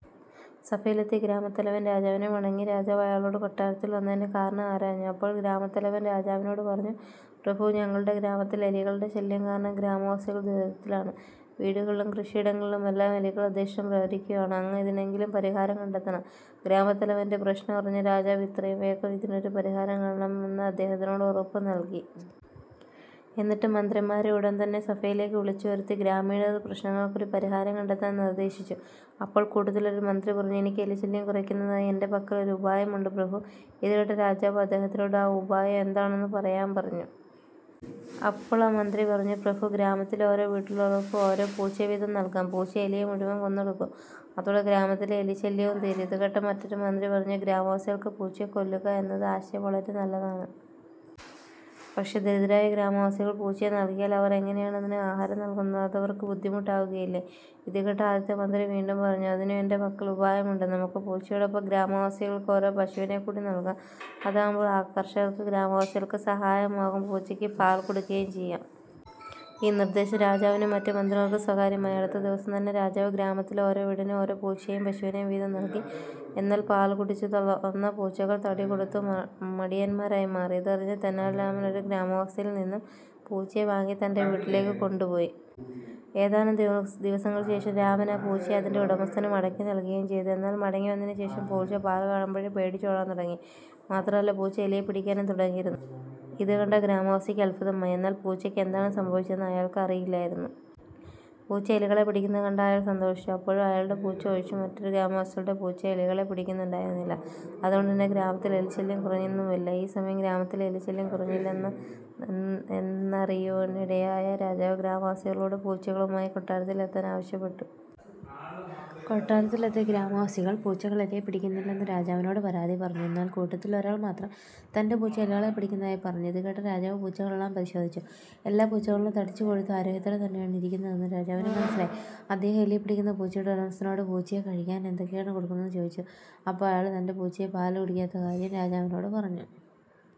സഭയിലെത്തിയ ഗ്രാമത്തലവൻ രാജാവിനെ വണങ്ങി. രാജാവ് അയാളോട് കൊട്ടാരത്തിൽ വന്നതിന്റെ കാരണം ആരാഞ്ഞു. അപ്പോൾ ഗ്രാമത്തലവൻ രാജാവിനോട് പറഞ്ഞു "പ്രഭു, ഞങ്ങളുടെ ഗ്രാമത്തിൽ എലികളുടെ ശല്യം കാരണം ഗ്രാമവാസികൾ ദുരിതത്തിലാണ്. വീടുകളിലും കൃഷിയിടങ്ങളിലുമെല്ലാം എലികൾ യഥേഷ്ടം വിഹരിക്കുകയാണ്. അങ്ങ് ഇതിനെന്തെങ്കിലും പരിഹാരം കണ്ടെത്തണം. " ഗ്രാമത്തലവന്റെ പ്രശ്നം അറിഞ്ഞ രാജാവ് എത്രയും വേഗം ഇതിനൊരു പരിഹാരം കാണാമെന്ന് അദ്ദേഹത്തിന് ഉറപ്പു നൽകി. എന്നിട്ടു മന്ത്രിമാരെ ഉടൻ തന്നെ സഭയിലേക്കു വിളിച്ചു വരുത്തി. ഗ്രാമീണരുടെ പ്രശ്നത്തിനു ഒരു പരിഹാരം കണ്ടെത്താൻ നിർദ്ദേശിച്ചു. അപ്പോൾ കൂട്ടത്തിൽ ഒരു മന്ത്രി പറഞ്ഞു എനിക്ക്"എലി ശല്യം കുറയ്ക്കുന്നതിനായി എന്റെ പക്കൽ ഒരു ഉപായം ഉണ്ട് പ്രഭു. " ഇതു കേട്ട രാജാവ് അദ്ദേഹത്തിനോട് ആ ഉപായം എന്താണെന്നു പറയാൻപറഞ്ഞു അപ്പോൾ ആ മന്ത്രി പറഞ്ഞു "പ്രഭു, ഗ്രാമത്തിലെ ഓരോ വീട്ടിലുള്ളവർക്കും ഓരോ പൂച്ചയെ വീതം നൽകാം. പൂച്ച എലികളെ മുഴുവൻ കൊന്നൊടുക്കും അതോടെ ഗ്രാമത്തിലെ എലി ശല്യവും തീരും. " ഇതുകേട്ട മറ്റൊരു മന്ത്രി പറഞ്ഞു "ഗ്രാമവാസികൾക്ക് പൂച്ചയെ കൊല്ലുക എന്ന ആശയം വളരെ നല്ലതാണ്. പക്ഷെ ദരിദ്രരായ ഗ്രാമവാസികൾക്ക് പൂച്ചയെ നൽകിയാൽ അവർ എങ്ങനെയാണ് അതിനു ആഹാരം നൽകുന്നത്? അതവർക്കു ബുദ്ധിമുട്ട് ആകുകയില്ലേ? " ഇതുകേട്ട ആദ്യത്തെ മന്ത്രി വീണ്ടും പറഞ്ഞു "അതിനും എന്റെ പക്കൽ ഒരു ഉപായം ഉണ്ട്. നമുക്ക് പൂച്ചയോടൊപ്പം ഗ്രാമവാസികൾക്ക് ഓരോ പശുവിനെ കൂടി നൽകാം. അതാകുമ്പോൾ കർഷകരായ ഗ്രാമവാസികൾക്ക് സഹായവുമാകും പൂച്ചയ്ക്ക് പാൽ കൊടുക്കുകയും ചെയ്യാം. ഈ നിർദ്ദേശം രാജാവിനും മറ്റു മന്ത്രിമാർക്കും സ്വകാര്യമായി. അടുത്ത ദിവസം തന്നെ രാജാവ് ഗ്രാമത്തിലെ ഓരോ വീടിനും ഓരോ പൂച്ചയേയും പശുവിനെയും വീതം നൽകി. എന്നാൽ പാൽ കുടിച്ചു വളർന്ന പൂച്ചകൾ തടി കൊടുത്തു മടിയന്മാരായി മാറി. ഇതറിഞ്ഞ തെനാലിരാമൻ ഒരു ഗ്രാമവാസിയിൽ നിന്നും പൂച്ചയെ വാങ്ങി തന്റെ വീട്ടിലേക്കു കൊണ്ടുപോയി. ഏതാനും ദിവസങ്ങൾക്കു ശേഷം രാമൻ ആ പൂച്ചയെ അതിന്റെ ഉടമസ്ഥന് മടക്കി നൽകുകയും ചെയ്തു. എന്നാൽ മടങ്ങി വന്നതിനു ശേഷം പൂച്ച പാൽ കാണുമ്പോഴേ പേടിച്ചു ഓടാൻ തുടങ്ങി. മാത്രമല്ല പൂച്ച എലിയെ പിടിക്കാനും തുടങ്ങിയിരുന്നു. ഇതുകണ്ട ഗ്രാമവാസിക്ക് അത്ഭുതമായി. എന്നാൽ പൂച്ചയ്ക്ക് എന്താണ് സംഭവിച്ചതെന്ന് അയാൾക്ക് അറിയില്ലായിരുന്നു. പൂച്ച എലികളെ പിടിക്കുന്നത് കണ്ട അയാൾ സന്തോഷിച്ചു. അപ്പോഴും അയാളുടെ പൂച്ച ഒഴിച്ചു മറ്റൊരു ഗ്രാമവാസികളുടെയും പൂച്ച എലികളെ പിടിക്കുന്നുണ്ടായിരുന്നില്ല. അതുകൊണ്ടു തന്നെ ഗ്രാമത്തിൽ എലി ശല്യം കുറഞ്ഞതുമില്ല. ഈ സമയം ഗ്രാമത്തിൽ എലി ശല്യം കുറഞ്ഞില്ല എന്നറിയുവാനിടയായ രാജാവ് ഗ്രാമവാസികളോട് പൂച്ചകളുമായി കൊട്ടാരത്തിൽ എത്താൻ ആവശ്യപ്പെട്ടു. കൊട്ടാരത്തിൽ എത്തിയ ഗ്രാമവാസികൾ പൂച്ചകൾ എലികളെ പിടിക്കുന്നില്ല എന്ന് രാജാവിനോട് പരാതി പറഞ്ഞു. എന്നാൽ കൂട്ടത്തിൽ ഒരാൾ മാത്രം തന്റെ പൂച്ച എലികളെ പിടിക്കുന്നതായി പറഞ്ഞു. ഇതുകേട്ട രാജാവ് പൂച്ചകളെയെല്ലാം പരിശോധിച്ചു. എല്ലാ പൂച്ചകളും തടിച്ചു കൊഴുത്തു ആരോഗ്യത്തോടെ തന്നെയാണ് ഇരിക്കുന്നതെന്നു രാജാവിന് മനസിലായി. അദ്ദേഹം എലിയെ പിടിക്കുന്ന പൂച്ചയുടെ ഉടമസ്ഥനോട് പൂച്ചക്ക് കഴിക്കാൻ എന്തൊക്കെയാണ് കൊടുക്കുന്നതെന്നു ചോദിച്ചു. അപ്പോൾ അയാൾ തന്റെ പൂച്ച പാൽ കുടിക്കാത്ത കാര്യം രാജാവിനോട് പറഞ്ഞു.